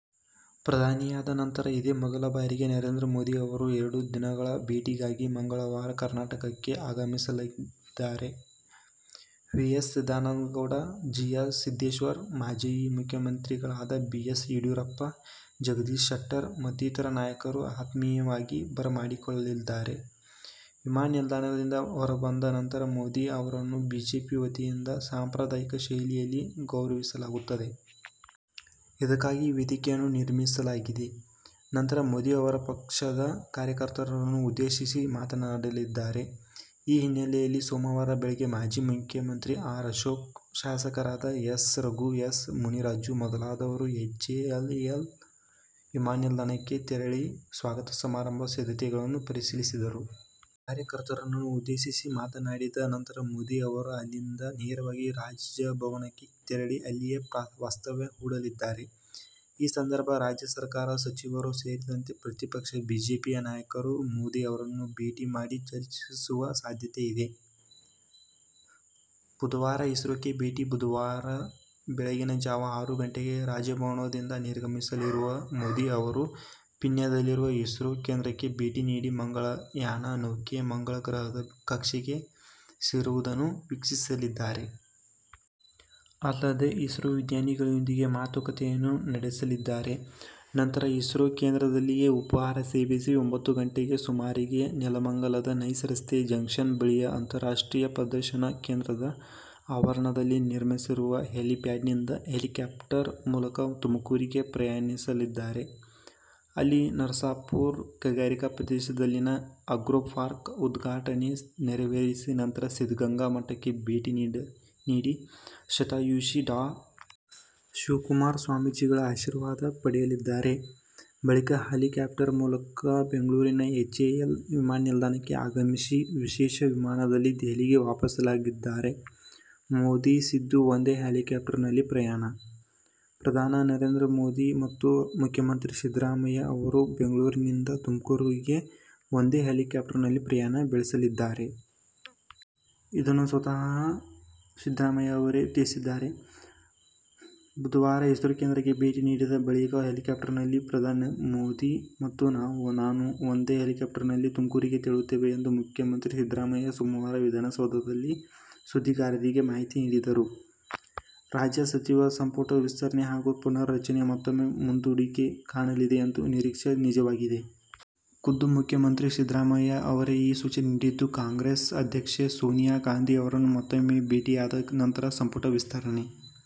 ಪ್ರಧಾನಿಯಾದ ನಂತರ ಇದೇ ಮೊದಲ ಬಾರಿಗೆ ನರೇಂದ್ರ ಮೋದಿ ಅವರು ಎರಡು ದಿನಗಳ ಭೇಟಿಗಾಗಿ ಮಂಗಳವಾರ ಕರ್ನಾಟಕಕ್ಕೆ ಆಗಮಿಸಲಿದ್ದಾರೆ. V. Sadananda Gowda, G. M. Siddeshwar, ಮಾಜಿ ಮುಖ್ಯಮಂತ್ರಿಗಳಾದ ಬಿ. ಎಸ್. ಯಡಿಯೂರಪ್ಪ, ಜಗದೀಶ್ ಶೆಟ್ಟರ್ ಮತ್ತಿತರ ನಾಯಕರು ಆತ್ಮೀಯವಾಗಿ ಬರಮಾಡಿಕೊಳ್ಳಲಿದ್ದಾರೆ. ವಿಮಾನ ನಿಲ್ದಾಣದಿಂದ ಹೊರಬಂದ ನಂತರ ಮೋದಿ ಅವರನ್ನು ಬಿಜೆಪಿ ವತಿಯಿಂದ ಸಾಂಪ್ರದಾಯಿಕ ಶೈಲಿಯಲ್ಲಿ ಗೌರವಿಸಲಾಗುತ್ತದೆ. ಇದಕ್ಕಾಗಿ ವೇದಿಕೆಯನ್ನೂ ನಿರ್ಮಿಸಲಾಗಿದೆ. ನಂತರ ಮೋದಿ ಅವರು ಪಕ್ಷದ ಕಾರ್ಯಕರ್ತರನ್ನು ಉದ್ದೇಶಿಸಿ ಮಾತನಾಡಲಿದ್ದಾರೆ. ಈ ಹಿನ್ನೆಲೆಯಲ್ಲಿ ಸೋಮವಾರ ಬೆಳಗ್ಗೆ ಮಾಜಿ ಉಪಮುಖ್ಯಮಂತ್ರಿ ಆರ್. ಅಶೋಕ್, ಶಾಸಕರಾದ ಎಸ್. ರಘು, ಎಸ್. ಮುನಿರಾಜು ಮೊದಲಾದವರು ಎಚ್ ಎ ಎಲ್ ವಿಮಾನ ನಿಲ್ದಾಣಕ್ಕೆ ತೆರಳಿ ಸ್ವಾಗತ ಸಮಾರಂಭದ ಸಿದ್ಧತೆಗಳನ್ನು ಪರಿಶೀಲಿಸಿದರು. ಕಾರ್ಯಕರ್ತರನ್ನು ಉದ್ದೇಶಿಸಿ ಮಾತನಾಡಿದ ನಂತರ ಮೋದಿ ಅವರು ಅಲ್ಲಿಂದ ನೇರವಾಗಿ ರಾಜಭವನಕ್ಕೆ ತೆರಳಿ ಅಲ್ಲಿಯೇ ವಾಸ್ತವ್ಯ ಹೂಡಲಿದ್ದಾರೆ. ಈ ಸಂದರ್ಭ ರಾಜ್ಯ ಸರ್ಕಾರದ ಸಚಿವರೂ ಸೇರಿದಂತೆ ಪ್ರತಿಪಕ್ಷ ಬಿಜೆಪಿಯ ನಾಯಕರು ಮೋದಿ ಅವರನ್ನು ಭೇಟಿ ಮಾಡಿ ಚರ್ಚಿಸುವ ಸಾಧ್ಯತೆಯಿದೆ. ಬುಧವಾರ ಇಸ್ರೋಕ್ಕೆ ಭೇಟಿ ಬುಧವಾರ ಬೆಳಗಿನ ಜಾವ ಆರು ಗಂಟೆಗೆ ರಾಜಭವನದಿಂದ ನಿರ್ಗಮಿಸಲಿರುವ ಮೋದಿ ಅವರು ಪೀಣ್ಯದಲ್ಲಿರುವ ಇಸ್ರೋ ಕೇಂದ್ರಕ್ಕೆ ಭೇಟಿ ನೀಡಿ ಮಂಗಳಯಾನ ನೌಕೆ ಮಂಗಳ ಗ್ರಹದ ಕಕ್ಷೆಗೆ ಸೇರುವುದನ್ನು ವೀಕ್ಷಿಸಲಿದ್ದಾರೆ. ಅಲ್ಲದೆ ಇಸ್ರೋ ವಿಜ್ಞಾನಿಗಳೊಂದಿಗೆ ಮಾತುಕತೆಯನ್ನೂ ನಡೆಸಲಿದ್ದಾರೆ. ನಂತರ ಇಸ್ರೋ ಕೇಂದ್ರದಲ್ಲಿಯೇ ಉಪಹಾರ ಸೇವಿಸಿ ಒಂಭತ್ತು ಗಂಟೆ ಸುಮಾರಿಗೆ ನೆಲಮಂಗಲದ ನೈಸ್ ರಸ್ತೆ ಜಂಕ್ಷನ್ ಬಳಿಯ ಅಂತಾರಾಷ್ಟ್ರೀಯ ಪ್ರದರ್ಶನ ಕೇಂದ್ರದ ಆವರಣದಲ್ಲಿ ನಿರ್ಮಿಸಿರುವ ಹೆಲಿಪ್ಯಾಡ್ನಿಂದ ಹೆಲಿಕಾಪ್ಟರ್ ಮೂಲಕ ತುಮಕೂರಿಗೆ ಪ್ರಯಾಣಿಸಲಿದ್ದಾರೆ. ಅಲ್ಲಿ ನರಸಾಪುರ ಕೈಗಾರಿಕಾ ಪ್ರದೇಶದಲ್ಲಿನ ಆಗ್ರೋಪಾರ್ಕ್ ಉದ್ಘಾಟನೆ ನೆರವೇರಿಸಿ ನಂತರ ಸಿದ್ದಗಂಗಾ ಮಠಕ್ಕೆ ಭೇಟಿ ನೀಡಿ ಶತಾಯುಷಿ ಡಾ. ಶಿವಕುಮಾರ ಸ್ವಾಮೀಜಿಗಳ ಆಶೀರ್ವಾದ ಪಡೆಯಲಿದ್ದಾರೆ. ಬಳಿಕ ಹೆಲಿಕಾಪ್ಟರ್ ಮೂಲಕ ಬೆಂಗಳೂರಿನ ಎಚ್ ಎ ಎಲ್ ವಿಮಾನ ನಿಲ್ದಾಣಕ್ಕೆ ಆಗಮಿಸಿ ವಿಶೇಷ ವಿಮಾನದಲ್ಲಿ ದೆಹಲಿಗೆ ವಾಪಸಾಗಲಿದ್ದಾರೆ. ಮೋದಿ-ಸಿದ್ದು ಒಂದೇ ಹೆಲಿಕಾಪ್ಟರ್ನಲ್ಲಿ ಪ್ರಯಾಣ. ಪ್ರಧಾನಿ ನರೇಂದ್ರ ಮೋದಿ ಮತ್ತು ಮುಖ್ಯಮಂತ್ರಿ ಸಿದ್ದರಾಮಯ್ಯ ಅವರು ಬೆಂಗಳೂರಿನಿಂದ ತುಮಕೂರಿಗೆ ಒಂದೇ ಹೆಲಿಕಾಪ್ಟರ್ನಲ್ಲಿ ಪ್ರಯಾಣ ಬೆಳಸಲಿದ್ದಾರೆ. ಇದನ್ನು ಸ್ವತಃ ಸಿದ್ದರಾಮಯ್ಯ ಅವರೇ ತಿಳಿಸಿದ್ದಾರೆ. ಬುಧವಾರ ಇಸ್ರೋ ಕೇಂದ್ರಕ್ಕೆ ಭೇಟಿ ನೀಡಿದ ಬಳಿಕ ಹೆಲಿಕಾಪ್ಟರ್ನಲ್ಲಿ ಪ್ರಧಾನಿ ಮೋದಿ ಮತ್ತು ನಾನು ಒಂದೇ ಹೆಲಿಕಾಪ್ಟರ್ನಲ್ಲಿ ತುಮಕೂರಿಗೆ ತೆರಳುತ್ತೇವೆ ಎಂದು ಮುಖ್ಯಮಂತ್ರಿ ಸಿದ್ದರಾಮಯ್ಯ ಸೋಮವಾರ ವಿಧಾನಸೌಧದಲ್ಲಿ ಸುದ್ದಿಗಾರರಿಗೆ ಮಾಹಿತಿ ನೀಡಿದರು. ರಾಜ್ಯ ಸಚಿವ ಸಂಪುಟ ವಿಸ್ತರಣೆ ಹಾಗೂ ಪುನರ್ ರಚನೆ ಮತ್ತೂಮ್ಮೆ ಮುಂದೂಡಿಕೆ ಕಾಣಲಿದೆ ಎಂಬ ನಿರೀಕ್ಷೆ ನಿಜವಾಗಿದೆ. ಖುದ್ದು ಮುಖ್ಯಮಂತ್ರಿ ಸಿದ್ದರಾಮಯ್ಯ ಅವರೇ ಈ ಸೂಚನೆ ನೀಡಿದ್ದು, ಕಾಂಗ್ರೆಸ್ ಅಧ್ಯಕ್ಷೆ ಸೋನಿಯಾ ಗಾಂಧಿ ಅವರನ್ನು ಮತ್ತೂಮ್ಮೆ ಭೇಟಿಯಾದ ನಂತರ ಸಂಪುಟ ವಿಸ್ತರಣೆ